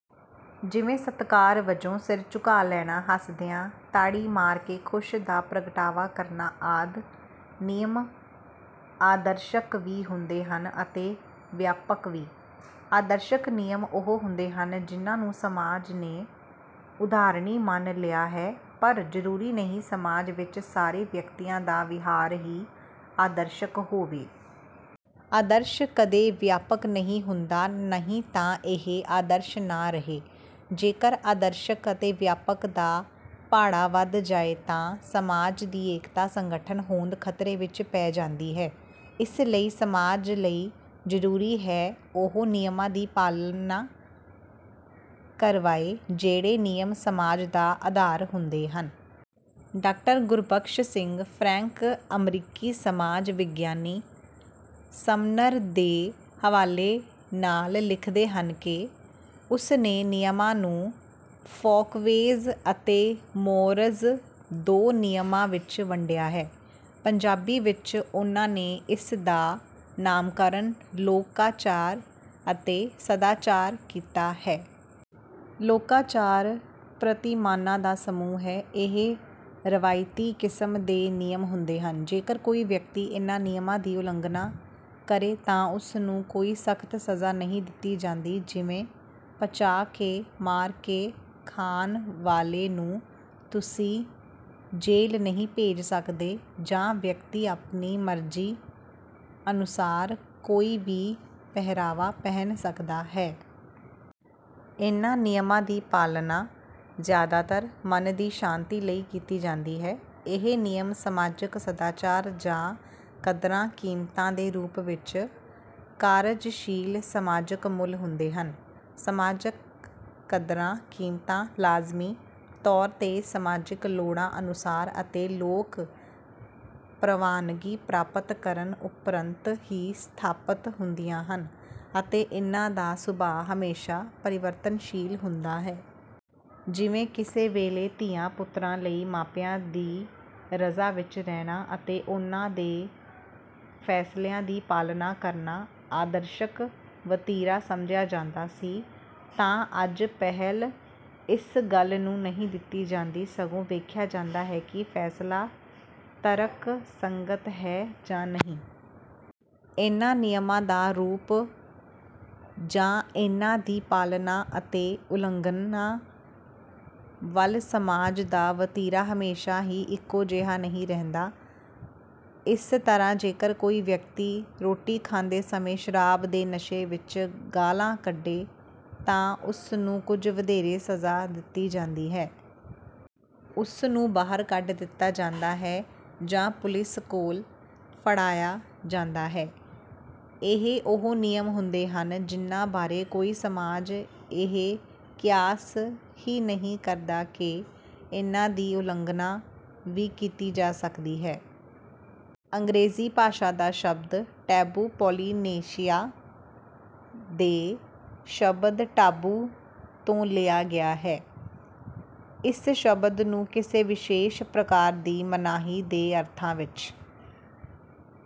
ਜਿਵੇਂ ਸਤਿਕਾਰ ਵਜੋਂ ਸਿਰ ਝੁਕਾ ਲੈਣਾ ਹੱਸਦਿਆਂ ਤਾੜੀ ਮਾਰ ਕੇ ਖੁਸ਼ੀ ਦਾ ਪ੍ਰਗਟਾਵਾ ਕਰਨਾ ਆਦਿ। ਨਿਯਮ ਆਦਰਸ਼ਕ ਵੀ ਹੁੰਦੇ ਹਨ ਅਤੇ ਵਿਆਪਕ ਵੀ। ਆਦਰਸ਼ਕ ਨਿਯਮ ਉਹ ਹੁੰਦੇ ਹਨ ਜਿਨ੍ਹਾਂ ਨੂੰ ਸਮਾਜ ਨੇ ਉਦਾਹਰਣੀ ਮੰਨ ਲਿਆ ਹੈ ਪਰ ਜ਼ਰੂਰੀ ਨਹੀਂ ਸਮਾਜ ਵਿੱਚ ਸਾਰੇ ਵਿਅਕਤੀਆਂ ਦਾ ਵਿਹਾਰ ਹੀ ਆਦਰਸ਼ਕ ਹੋਵੇ। ਆਦਰਸ਼ ਕਦੇ ਵਿਆਪਕ ਨਹੀਂ ਹੁੰਦਾ ਨਹੀਂ ਤਾਂ ਇਹ ਆਦਰਸ਼ਕ ਨਾ ਰਹੇ। ਜੇਕਰ ਆਦਰਸ਼ਕ ਅਤੇ ਵਿਆਪਕ ਦਾ ਪਾੜਾ ਵਧ ਜਾਏ ਤਾਂ ਸਮਾਜ ਦੀ ਏਕਤਾ ਸੰਗਠਨ ਹੋਂਦ ਖ਼ਤਰੇ ਵਿੱਚ ਪੈ ਜਾਂਦੀ ਹੈ। ਇਸ ਲਈ ਸਮਾਜ ਲਈ ਜ਼ਰੂਰੀ ਹੈ ਉਹ ਨਿਯਮਾਂ ਦੀ ਪਾਲਣਾ ਕਰਵਾਏ ਜਿਹੜੇ ਨਿਯਮ ਸਮਾਜ ਦਾ ਆਧਾਰ ਹੁੰਦੇ ਹਨ। ਡਾਕਟਰ ਗੁਰਬਖਸ਼ ਸਿੰਘ ਫਰੈਂਕ ਅਮਰੀਕੀ ਸਮਾਜ ਵਿਗਿਆਨੀ ਸਮਨਰ ਦੇ ਹਵਾਲੇ ਨਾਲ ਲਿਖਦੇ ਹਨ ਕਿ ਉਸ ਨੇ ਨਿਯਮਾਂ ਨੂੰ ਫੋਕਵੇਜ਼ ਅਤੇ ਮੋਰਜ਼ ਦੋ ਕਿਸਮਾਂ ਵਿੱਚ ਵੰਡਿਆ ਹੈ। ਪੰਜਾਬੀ ਵਿੱਚ ਉਨ੍ਹਾਂ ਨੇ ਇਸ ਦਾ ਨਾਮਕਰਣ ਲੋਕਾਚਾਰ ਅਤੇ ਸਦਾਚਾਰ ਕੀਤਾ ਹੈ। ਲੋਕਾਚਾਰ ਪ੍ਰਤਿਮਾਨਾਂ ਦਾ ਸਮੂਹ ਹੈ। ਇਹ ਰਵਾਇਤੀ ਕਿਸਮ ਦੇ ਨਿਯਮ ਹੁੰਦੇ ਹਨ। ਜੇਕਰ ਕੋਈ ਵਿਅਕਤੀ ਇਨ੍ਹਾਂ ਨਿਯਮਾਂ ਦੀ ਉਲੰਘਣਾ ਕਰੇ ਤਾਂ ਉਸ ਨੂੰ ਕੋਈ ਸਖ਼ਤ ਸਜ਼ਾ ਨਹੀਂ ਦਿੱਤੀ ਜਾਂਦੀ ਜਿਵੇਂ ਪਚਾ ਕੇ ਮਾਰ ਕੇ ਖਾਣ ਵਾਲੇ ਨੂੰ ਤੁਸੀਂ ਜੇਲ੍ਹ ਨਹੀਂ ਭੇਜ ਸਕਦੇ ਜਾਂ ਵਿਅਕਤੀ ਆਪਣੀ ਮਰਜ਼ੀ ਅਨੁਸਾਰ ਕੋਈ ਵੀ ਪਹਿਰਾਵਾ ਪਹਿਨ ਸਕਦਾ ਹੈ। ਇਨ੍ਹਾਂ ਨਿਯਮਾਂ ਦੀ ਪਾਲਣਾ ਜ਼ਿਆਦਾਤਰ ਮਨ ਦੀ ਸ਼ਾਂਤੀ ਲਈ ਕੀਤੀ ਜਾਂਦੀ ਹੈ। ਇਹ ਨਿਯਮ ਸਮਾਜਕ ਸਦਾਚਾਰ ਜਾਂ ਕਦਰਾਂ ਕੀਮਤਾਂ ਦੇ ਰੂਪ ਵਿੱਚ ਕਾਰਜਸ਼ੀਲ ਸਮਾਜਕ ਮੁੱਲ ਹੁੰਦੇ ਹਨ। ਸਮਾਜਕ ਕਦਰਾਂ ਕੀਮਤਾਂ ਲਾਜ਼ਮੀ ਤੌਰ ਤੇ ਸਮਾਜਿਕ ਲੋੜਾਂ ਅਨੁਸਾਰ ਅਤੇ ਲੋਕ ਪ੍ਰਵਾਨਗੀ ਪ੍ਰਾਪਤ ਕਰਨ ਉਪਰੰਤ ਹੀ ਸਥਾਪਤ ਹੁੰਦੀਆਂ ਹਨ ਅਤੇ ਇਨ੍ਹਾਂ ਦਾ ਸੁਭਾਅ ਹਮੇਸ਼ਾ ਪਰਿਵਰਤਨਸ਼ੀਲ ਹੁੰਦਾ ਹੈ। ਜਿਵੇਂ ਕਿਸੇ ਵੇਲੇ ਧੀਆਂ ਪੁੱਤਰਾਂ ਲਈ ਮਾਪਿਆਂ ਦੀ ਰਜ਼ਾ ਵਿੱਚ ਰਹਿਣਾ ਅਤੇ ਉਨ੍ਹਾਂ ਦੇ ਫੈਸਲਿਆਂ ਦੀ ਪਾਲਣਾ ਕਰਨਾ ਆਦਰਸ਼ਕ ਵਤੀਰਾ ਸਮਝਿਆ ਜਾਂਦਾ ਸੀ ਤਾਂ ਅੱਜ ਪਹਿਲ ਇਸ ਗੱਲ ਨੂੰ ਨਹੀਂ ਦਿੱਤੀ ਜਾਂਦੀ ਸਗੋਂ ਵੇਖਿਆ ਜਾਂਦਾ ਹੈ ਕਿ ਫੈਸਲਾ ਤਰਕ ਸੰਗਤ ਹੈ ਜਾਂ ਨਹੀਂ। ਇਹਨਾਂ ਨਿਯਮਾਂ ਦਾ ਰੂਪ ਜਾਂ ਇਹਨਾਂ ਦੀ ਪਾਲਣਾ ਅਤੇ ਉਲੰਘਣਾ ਵੱਲ ਸਮਾਜ ਦਾ ਵਤੀਰਾ ਹਮੇਸ਼ਾ ਹੀ ਇੱਕੋ ਜਿਹਾ ਨਹੀਂ ਰਹਿੰਦਾ। ਇਸ ਤਰ੍ਹਾਂ ਜੇਕਰ ਕੋਈ ਵਿਅਕਤੀ ਰੋਟੀ ਖਾਂਦੇ ਸਮੇਂ ਸ਼ਰਾਬ ਦੇ ਨਸ਼ੇ ਵਿੱਚ ਗਾਲ੍ਹਾਂ ਕੱਢੇ ਤਾਂ ਉਸ ਨੂੰ ਕੁਝ ਵਧੇਰੇ ਸਜ਼ਾ ਦਿੱਤੀ ਜਾਂਦੀ ਹੈ। ਉਸ ਨੂੰ ਬਾਹਰ ਕੱਢ ਦਿੱਤਾ ਜਾਂਦਾ ਹੈ ਜਾਂ ਪੁਲਿਸ ਕੋਲ ਫੜਾਇਆ ਜਾਂਦਾ ਹੈ। ਇਹ ਉਹ ਨਿਯਮ ਹੁੰਦੇ ਹਨ ਜਿਨ੍ਹਾਂ ਬਾਰੇ ਕੋਈ ਸਮਾਜ ਇਹ ਕਿਆਸ ਹੀ ਨਹੀਂ ਕਰਦਾ ਕਿ ਇਹਨਾਂ ਦੀ ਉਲੰਘਣਾ ਵੀ ਕੀਤੀ ਜਾ ਸਕਦੀ ਹੈ। ਅੰਗਰੇਜ਼ੀ ਭਾਸ਼ਾ ਦਾ ਸ਼ਬਦ ਟੈਬੂ ਪੋਲੀਨੇਸ਼ੀਆ ਦੇ ਸ਼ਬਦ ਟਾਬੂ ਤੋਂ ਲਿਆ ਗਿਆ ਹੈ। ਇਸ ਸ਼ਬਦ ਨੂੰ ਕਿਸੇ ਵਿਸ਼ੇਸ਼ ਪ੍ਰਕਾਰ ਦੀ ਮਨਾਹੀ ਦੇ ਅਰਥਾਂ ਵਿੱਚ